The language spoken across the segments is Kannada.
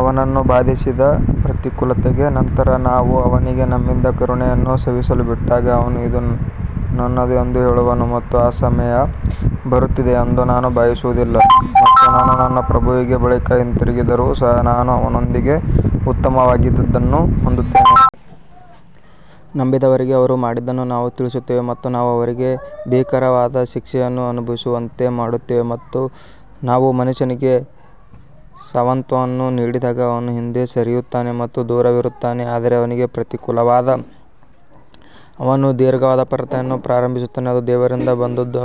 ಅವನನ್ನು ಬಾಧಿಸಿದ ಪ್ರತಿಕೂಲತೆಯ ನಂತರ ನಾವು ಅವನಿಗೆ ನಮ್ಮಿಂದ ಕರುಣೆಯನ್ನು ಸವಿಯಲು ಬಿಟ್ಟಾಗ ಅವನು ಇದು ನನ್ನದು ಎಂದು ಹೇಳುವನು ಮತ್ತು ಆ ಸಮಯ ಬರುತ್ತಿದೆ ಎಂದು ನಾನು ಭಾವಿಸುವುದಿಲ್ಲ ಮತ್ತು ನಾನು ನನ್ನ ಪ್ರಭುವಿನ ಬಳಿಗೆ ಹಿಂತಿರುಗಿದರೂ ಸಹ ನಾನು ಅವನೊಂದಿಗೆ ಉತ್ತಮವಾದದ್ದನ್ನು ಹೊಂದುತ್ತೇನೆ. ನಂಬದವರಿಗೆ ಅವರು ಮಾಡಿದ್ದನ್ನು ನಾವು ತಿಳಿಸುತ್ತೇವೆ ಮತ್ತು ನಾವು ಅವರಿಗೆ ಭೀಕರವಾದ ಶಿಕ್ಷೆಯನ್ನು ಅನುಭವಿಸುವಂತೆ ಮಾಡುತ್ತೇವೆ ನಾವು ಮನುಷ್ಯನಿಗೆ ಸಾಂತ್ವನವನ್ನು ನೀಡಿದಾಗ ಅವನು ಹಿಂದೆ ಸರಿಯುತ್ತಾನೆ ಮತ್ತು ದೂರವಿರುತ್ತಾನೆ ಆದರೆ ಅವನಿಗೆ ಪ್ರತಿಕೂಲವಾದಾಗ ಅವನು ದೀರ್ಘವಾದ ಪ್ರಾರ್ಥನೆಯನ್ನು ಪ್ರಾರಂಭಿಸುತ್ತಾನೆ. ಅದು ದೇವರಿಂದ ಬಂದದ್ದು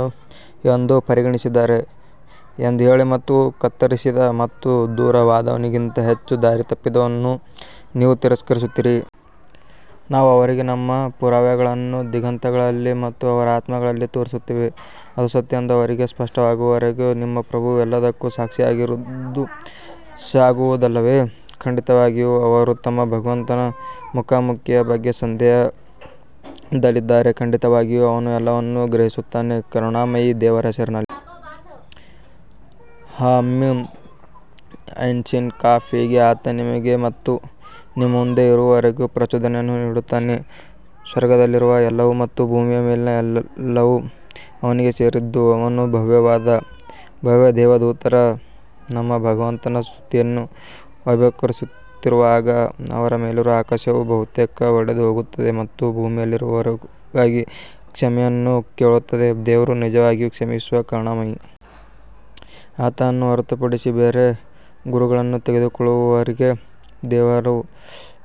ಎಂದು ನೀವು ಪರಿಗಣಿಸಿದ್ದೀರಾ ಎಂದು ಹೇಳಿ ಮತ್ತು ಕತ್ತರಿಸಿದ ಮತ್ತು ದೂರವಾದವನಿಗಿಂತ ಹೆಚ್ಚು ದಾರಿತಪ್ಪಿದವರನ್ನು ನೀವು ತಿರಸ್ಕರಿಸುತ್ತೀರಾ? ನಾವು ಅವರಿಗೆ ನಮ್ಮ ಪುರಾವೆಗಳನ್ನು ದಿಗಂತಗಳಲ್ಲಿ ಮತ್ತು ಅವರ ಆತ್ಮಗಳಲ್ಲಿ ತೋರಿಸುತ್ತೇವೆ ಅದು ಸತ್ಯ ಎಂದು ಅವರಿಗೆ ಸ್ಪಷ್ಟವಾಗುವವರೆಗೆ ನಿಮ್ಮ ಪ್ರಭು ಎಲ್ಲದಕ್ಕೂ ಸಾಕ್ಷಿಯಾಗಿರುವುದು ಸಾಕಾಗುವುದಿಲ್ಲವೇ? ಖಂಡಿತವಾಗಿಯೂ ಅವರು ತಮ್ಮ ಭಗವಂತನ ಮುಖಾಮುಖಿಯ ಬಗ್ಗೆ ಸಂದೇಹದಲ್ಲಿದ್ದಾರೆ, ಖಂಡಿತವಾಗಿಯೂ ಅವನು ಎಲ್ಲವನ್ನೂ ಗ್ರಹಿಸುತ್ತಾನೆ ಕರುಣಾಮಯಿ ದೇವರ ಹೆಸರಿನಲ್ಲಿ ಹಾ ಮೀಮ್ ಐನ್ ಸೀನ್ ಕಾಫ್ ಹೀಗೆ ಆತನು ನಿಮಗೆ ಮತ್ತು ನಿಮ್ಮ ಮುಂದೆ ಇರುವವರಿಗೆ ಪ್ರಚೋದನೆಯನ್ನು ನೀಡುತ್ತಾನೆ ಸ್ವರ್ಗದಲ್ಲಿರುವ ಎಲ್ಲವೂ ಮತ್ತು ಭೂಮಿಯ ಮೇಲಿನ ಎಲ್ಲವೂ ಅವನಿಗೆ ಸೇರಿದ್ದು, ಅವನು ಭವ್ಯವಾದ ಭವ್ಯ ದೇವದೂತರು ತಮ್ಮ ಭಗವಂತನ ಸ್ತುತಿಯನ್ನು ವೈಭವೀಕರಿಸುತ್ತಿರುವಾಗ ಅವರ ಮೇಲಿರುವ ಆಕಾಶವು ಬಹುತೇಕ ಒಡೆದುಹೋಗುತ್ತದೆ ಮತ್ತು ಭೂಮಿಯಲ್ಲಿರುವವರಿಗಾಗಿ ಕ್ಷಮೆಯನ್ನು ಕೇಳುತ್ತದೆ, ದೇವರು ನಿಜವಾಗಿಯೂ ಕ್ಷಮಿಸುವ ಕರುಣಾಮಯಿ. ಆತನನ್ನು ಹೊರತುಪಡಿಸಿ ಬೇರೆ ಗುರುಗಳನ್ನು ತೆಗೆದುಕೊಳ್ಳುವವರಿಗೆ ದೇವರು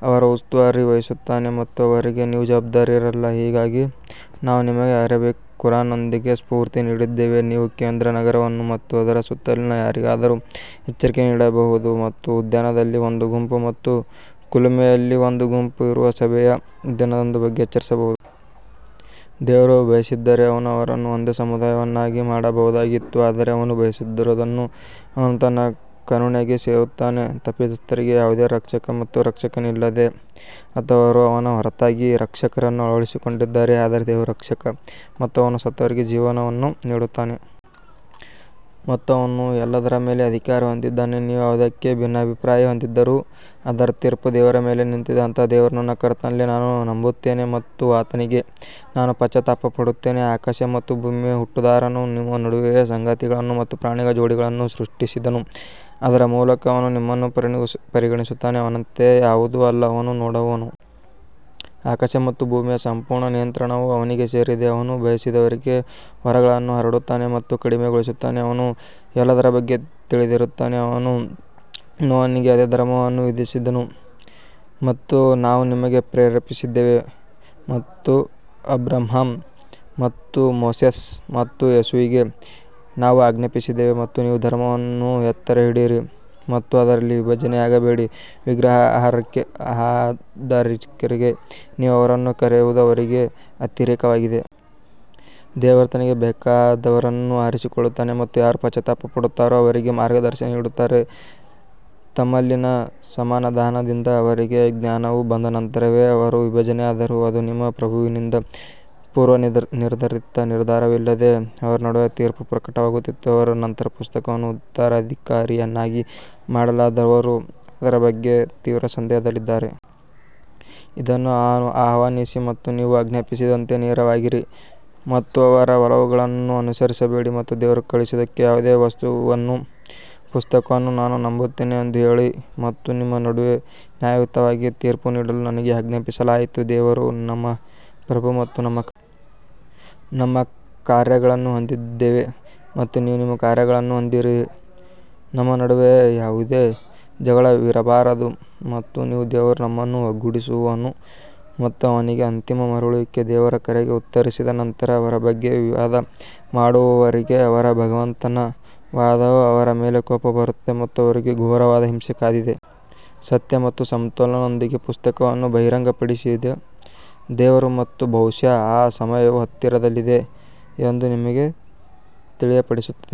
ಅವರ ಉಸ್ತುವಾರಿ ವಹಿಸುತ್ತಾನೆ ಮತ್ತು ಅವರಿಗೆ ನೀವು ಜವಾಬ್ದಾರರಲ್ಲ ಹೀಗಾಗಿ ನಾವು ನಿಮಗೆ ಅರೇಬಿಕ್ ಖುರಾನ್ನೊಂದಿಗೆ ಸ್ಫೂರ್ತಿ ನೀಡಿದ್ದೇವೆ, ನೀವು ಕೇಂದ್ರ ನಗರವನ್ನು ಮತ್ತು ಅದರ ಸುತ್ತಲಿನ ಯಾರಿಗಾದರೂ ಎಚ್ಚರಿಕೆ ನೀಡಬಹುದು ಮತ್ತು ಉದ್ಯಾನದಲ್ಲಿ ಒಂದು ಗುಂಪು ಮತ್ತು ಕುಲುಮೆಯಲ್ಲಿ ಒಂದು ಗುಂಪು ಇರುವ ಸಭೆಯ ದಿನದ ಬಗ್ಗೆ ಎಚ್ಚರಿಸಬಹುದು. ದೇವರು ಬಯಸಿದ್ದರೆ ಅವನು ಅವರನ್ನು ಒಂದೇ ಸಮುದಾಯವನ್ನಾಗಿ ಮಾಡಬಹುದಿತ್ತು ಆದರೆ ಅವನು ಬಯಸಿದವರನ್ನು ಅವನು ತನ್ನ ಕರುಣೆಗೆ ಸೇರಿಸುತ್ತಾನೆ, ತಪ್ಪಿತಸ್ಥರಿಗೆ ಯಾವುದೇ ರಕ್ಷಕ ಮತ್ತು ರಕ್ಷಕನಿಲ್ಲ ಅಥವಾ ಅವರು ಅವನ ಹೊರತಾಗಿ ರಕ್ಷಕರನ್ನು ಅಳವಡಿಸಿಕೊಂಡಿದ್ದಾರೆ ಆದರೆ ದೇವರು ರಕ್ಷಕ ಮತ್ತು ಅವನು ಸತ್ತವರಿಗೆ ಜೀವವನ್ನು ನೀಡುತ್ತಾನೆ ಮತ್ತು ಅವನು ಎಲ್ಲದರ ಮೇಲೆ ಅಧಿಕಾರ ಹೊಂದಿದ್ದಾನೆ ನೀವು ಯಾವುದೇ ಭಿನ್ನಾಭಿಪ್ರಾಯ ಹೊಂದಿದ್ದರೂ ಅದರ ತೀರ್ಪು ದೇವರ ಮೇಲೆ ನಿಂತಿದೆ ಅಂತಹ ದೇವರು ನನ್ನ ಕರ್ತನಲ್ಲಿ ನಾನು ನಂಬುತ್ತೇನೆ ಮತ್ತು ಆತನಿಗೆ ನಾನು ಪಶ್ಚಾತ್ತಾಪ ಪಡುತ್ತೇನೆ ಆಕಾಶ ಮತ್ತು ಭೂಮಿಯ ಹುಟ್ಟುದಾರನು ನಿಮ್ಮ ನಡುವೆಯೇ ಸಂಗಾತಿಗಳನ್ನು ಮತ್ತು ಪ್ರಾಣಿಗಳ ಜೋಡಿಗಳನ್ನು ಸೃಷ್ಟಿಸಿದನು, ಅದರ ಮೂಲಕ ಅವನು ನಿಮ್ಮನ್ನು ಗುಣಿಸುತ್ತಾನೆ ಅವನಂತೆ ಯಾವುದೂ ಇಲ್ಲ, ಅವನು ನೋಡುವವನು. ಆಕಾಶ ಮತ್ತು ಭೂಮಿಯ ಸಂಪೂರ್ಣ ನಿಯಂತ್ರಣವು ಅವನಿಗೆ ಸೇರಿದೆ, ಅವನು ಬಯಸಿದವರಿಗೆ ವರಗಳನ್ನು ಹರಡುತ್ತಾನೆ ಅಥವಾ ಕಡಿಮೆಗೊಳಿಸುತ್ತಾನೆ, ಅವನು ಎಲ್ಲದರ ಬಗ್ಗೆ ತಿಳಿದಿರುತ್ತಾನೆ. ಅವನು ನೋಹನಿಗೆ ಅದೇ ಧರ್ಮವನ್ನು ವಿಧಿಸಿದನು ಮತ್ತು ನಾವು ನಿಮಗೆ ಪ್ರೇರೇಪಿಸಿದ್ದೇವೆ ಮತ್ತು ಅಬ್ರಹಾಂ ಮತ್ತು ಮೋಸೆಸ್ ಮತ್ತು ಯೇಸುವಿಗೆ ನಾವು ಆಜ್ಞಾಪಿಸಿದ್ದೇವೆ ಮತ್ತು ನೀವು ಧರ್ಮವನ್ನು ಎತ್ತಿಹಿಡಿಯಿರಿ ಮತ್ತು ಅದರಲ್ಲಿ ವಿಭಜನೆಯಾಗಬೇಡಿ ವಿಗ್ರಹಾರಾಧಕರಿಗೆ ನೀವು ಅವರನ್ನು ಕರೆಯುವುದು ಅವರಿಗೆ ಅತಿರೇಕವಾಗಿದೆ. ದೇವರು ತನಗೆ ಬೇಕಾದವರನ್ನು ಆರಿಸಿಕೊಳ್ಳುತ್ತಾನೆ ಮತ್ತು ಯಾರು ಪಶ್ಚಾತ್ತಾಪ ಪಡುತ್ತಾರೋ ಅವರಿಗೆ ಮಾರ್ಗದರ್ಶನ ನೀಡುತ್ತಾನೆ ತಮ್ಮಲ್ಲಿನ ಅಸಮಾಧಾನದಿಂದ ಅವರಿಗೆ ಜ್ಞಾನವು ಬಂದ ನಂತರವೇ ಅವರು ವಿಭಜನೆಯಾದರು, ಅದು ನಿಮ್ಮ ಪ್ರಭುವಿನಿಂದ ಪೂರ್ವನಿರ್ಧರಿತ ನಿರ್ಧಾರವಿಲ್ಲದೆ ಅವರ ನಡುವೆ ತೀರ್ಪು ಪ್ರಕಟವಾಗುತ್ತಿತ್ತು, ಅವರ ನಂತರ ಪುಸ್ತಕವನ್ನು ಉತ್ತರಾಧಿಕಾರಿಯನ್ನಾಗಿ ಮಾಡಲಾದವರು ಅದರ ಬಗ್ಗೆ ತೀವ್ರ ಸಂದೇಹದಲ್ಲಿದ್ದಾರೆ. ಇದನ್ನು ಆಹ್ವಾನಿಸಿ ಮತ್ತು ನೀವು ಆಜ್ಞಾಪಿಸಿದಂತೆ ನೇರವಾಗಿರಿ ಮತ್ತು ಅವರ ಒಲವುಗಳನ್ನು ಅನುಸರಿಸಬೇಡಿ ಮತ್ತು ದೇವರು ಕಳುಹಿಸಿದ ಯಾವುದೇ ಪುಸ್ತಕವನ್ನು ನಾನು ನಂಬುತ್ತೇನೆ ಎಂದು ಹೇಳಿ ಮತ್ತು ನಿಮ್ಮ ನಡುವೆ ನ್ಯಾಯಯುತವಾಗಿ ತೀರ್ಪು ನೀಡಲು ನನಗೆ ಆಜ್ಞಾಪಿಸಲಾಯಿತು ದೇವರು ನಮ್ಮ ಪ್ರಭು ಮತ್ತು ನಿಮ್ಮ ಕರ್ತನು ನಮ್ಮ ಕಾರ್ಯಗಳನ್ನು ಹೊಂದಿದ್ದೇವೆ ಮತ್ತು ನೀವು ನಿಮ್ಮ ಕಾರ್ಯಗಳನ್ನು ಹೊಂದಿದ್ದೀರಿ ನಮ್ಮ ನಡುವೆ ಯಾವುದೇ ಜಗಳವಿರಬಾರದು ಮತ್ತು ನೀವು ದೇವರು ನಮ್ಮನ್ನು ಒಟ್ಟುಗೂಡಿಸುವನು ಮತ್ತು ಅವನಿಗೇ ಅಂತಿಮ ಮರಳುವಿಕೆ ದೇವರ ಕರೆಗೆ ಉತ್ತರಿಸಿದ ನಂತರ ಅವರ ಬಗ್ಗೆ ವಿವಾದ ಮಾಡುವವರಿಗೆ ಅವರ ಭಗವಂತನ ವಾದವು ಅವರ ಮೇಲೆ ಕೋಪ ಬರುತ್ತದೆ ಮತ್ತು ಅವರಿಗೆ ಘೋರವಾದ ಹಿಂಸೆ ಕಾದಿದೆ. ಸತ್ಯ ಮತ್ತು ಸಮತೋಲನದೊಂದಿಗೆ ಪುಸ್ತಕವನ್ನು ಬಹಿರಂಗಪಡಿಸಿದ ದೇವರು ಮತ್ತು ಬಹುಶಃ ಆ ಸಮಯವು ಹತ್ತಿರದಲ್ಲಿದೆ ಎಂದು ನಿಮಗೆ ತಿಳಿಯಪಡಿಸುತ್ತದೆ.